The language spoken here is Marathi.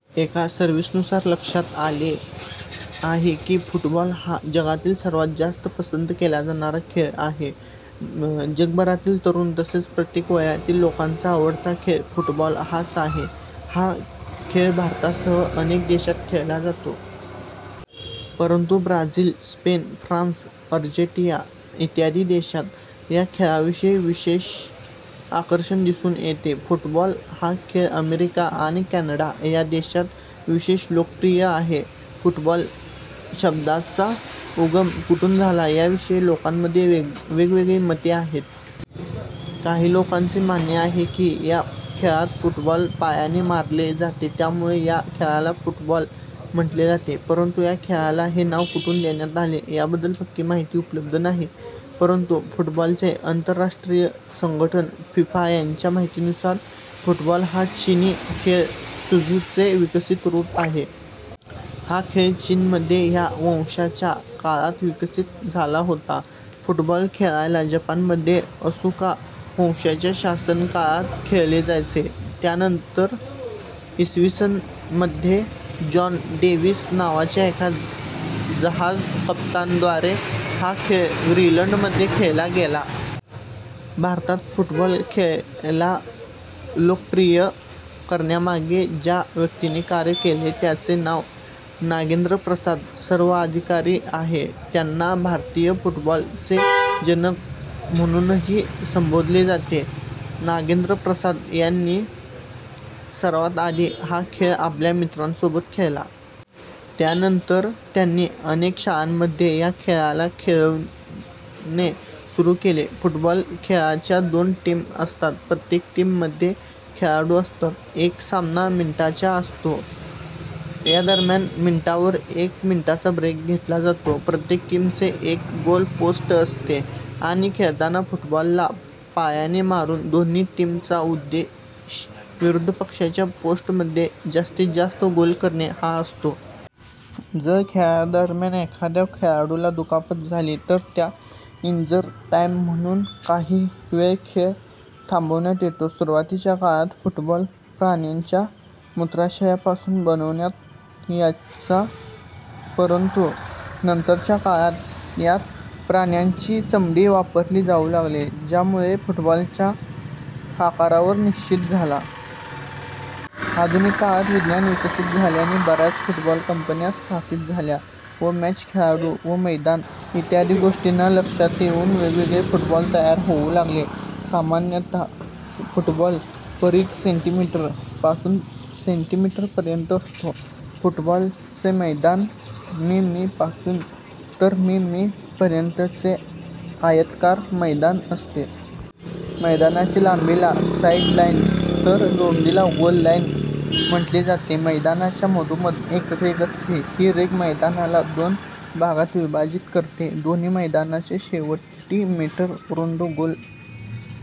एका सर्व्हेनुसार लक्षात आले आहे की फुटबॉल हा जगातील सर्वात जास्त पसंत केला जाणारा खेळ आहे. जगभरातील तरुण तसेच प्रत्येक वयातील लोकांचा आवडता खेळ फुटबॉल हाच आहे. हा खेळ भारतासह अनेक देशात खेळला जातो. परंतु ब्राझील, स्पेन, फ्रान्स, अर्जेंटिना इत्यादी देशात या खेळाविषयी विशेष आकर्षण दिसून येते. फुटबॉल हा खेळ अमेरिका आणि कॅनडा या देशात विशेष लोकप्रिय आहे. फुटबॉल शब्दाचा उगम कुठून झाला या विषयी लोकांमध्ये वेगवेगळी मते आहेत. काही लोकांचे मानणे आहे की या खेळात चेंडूला पायाने मारले जाते यामुळे या खेळाला फुटबॉल म्हटले जाते. परंतु या खेळाला हे नाव कुठून देण्यात आले याबद्दल पक्की माहिती उपलब्ध नाही. परंतु फुटबॉलचे आंतरराष्ट्रीय संघटन फिफा च्या माहितीनुसार फुटबॉल हा चिनी खेळ सुजू चे विकसित रूप आहे. हा खेळ चीनमध्ये 'ह्यां' वंशाच्या काळात विकसित झाला होता. फुटबॉल खेळायला जपानमध्ये असुका वंशाच्या शासन काळात खेळले जायचे. त्यानंतर इसवीसन मध्ये जॉन डेविस नावाच्या एका जहाज कप्तान द्वारे हा खेळ ग्रीनलँड मध्ये खेळला गेला. भारतात फुटबॉल खेळाला लोकप्रिय करण्यामागे ज्या व्यक्तीने कार्य केले त्यांचे नाव 'नागेन्द्र प्रसाद सर्वाधिकारी' आहे. त्यांना 'भारतीय फुटबॉल चे जनक' म्हणूनही संबोधले जाते. नागेंद्र प्रसाद यांनी सर्वात आधी हा खेळ आपल्या मित्रांसोबत खेळला. त्यानंतर त्यांनी अनेक शाळांमध्ये या खेळाला खेळवणे सुरू केले. फुटबॉल खेळाच्या दोन टीम असतात प्रत्येक टीम मध्ये खेळाडू असतात. एक सामना मिनिटांचा असतो. यादरम्यान मिनिटांवर एक मिनिटांचा ब्रेक घेतला जातो. प्रत्येक टीम चे एक गोल पोस्ट असते आणि खेळताना फुटबॉल ला पायाने मारून दोघीही टीम चा उद्देश विरुद्ध पक्षाच्या पोस्टमध्ये जास्तीत जास्त गोल करणे हा असतो. जर खेळादरम्यान एखाद्या खेळाडूला दुखापत झाली तर त्याला 'इंजरी टाईम' म्हणून काही वेळ खेळ थांबवण्यात येतो. सुरुवातीच्या काळात फुटबॉल प्राण्यांच्या मूत्राशया पासून बनवण्यात यायचा. परंतु नंतरच्या काळात यात प्राण्यांची चामडी वापरली जाऊ लागली, ज्यामुळे फुटबॉलच्या आकार निश्चित झाला. आधुनिक काळात विज्ञान विकसित झाल्याने बऱ्याच फुटबॉल कंपन्या स्थापित झाल्या व मॅच, खेळाडू व मैदान इत्यादी गोष्टींना लक्षात घेऊन वेगवेगळे फुटबॉल तयार होऊ लागले. सामान्यता फुटबॉलचा परीघ सेंटीमीटर पासून सेंटीमीटर पर्यंत असतो. फुटबॉल चे मैदान मी, मी पासून तर मी, मी पर्यंत चे आयताकार मैदान असते. मैदानाच्या लांबीला 'साइड लाइन' तर रुंदीला 'गोल लाईन' म्हटले जाते. मैदानाच्या मधोमध एक रेघ असते ही रेघ मैदानाला दोन भागात विभाजित करते. दोघी मैदानांच्या शेवटी मीटर रुंद गोल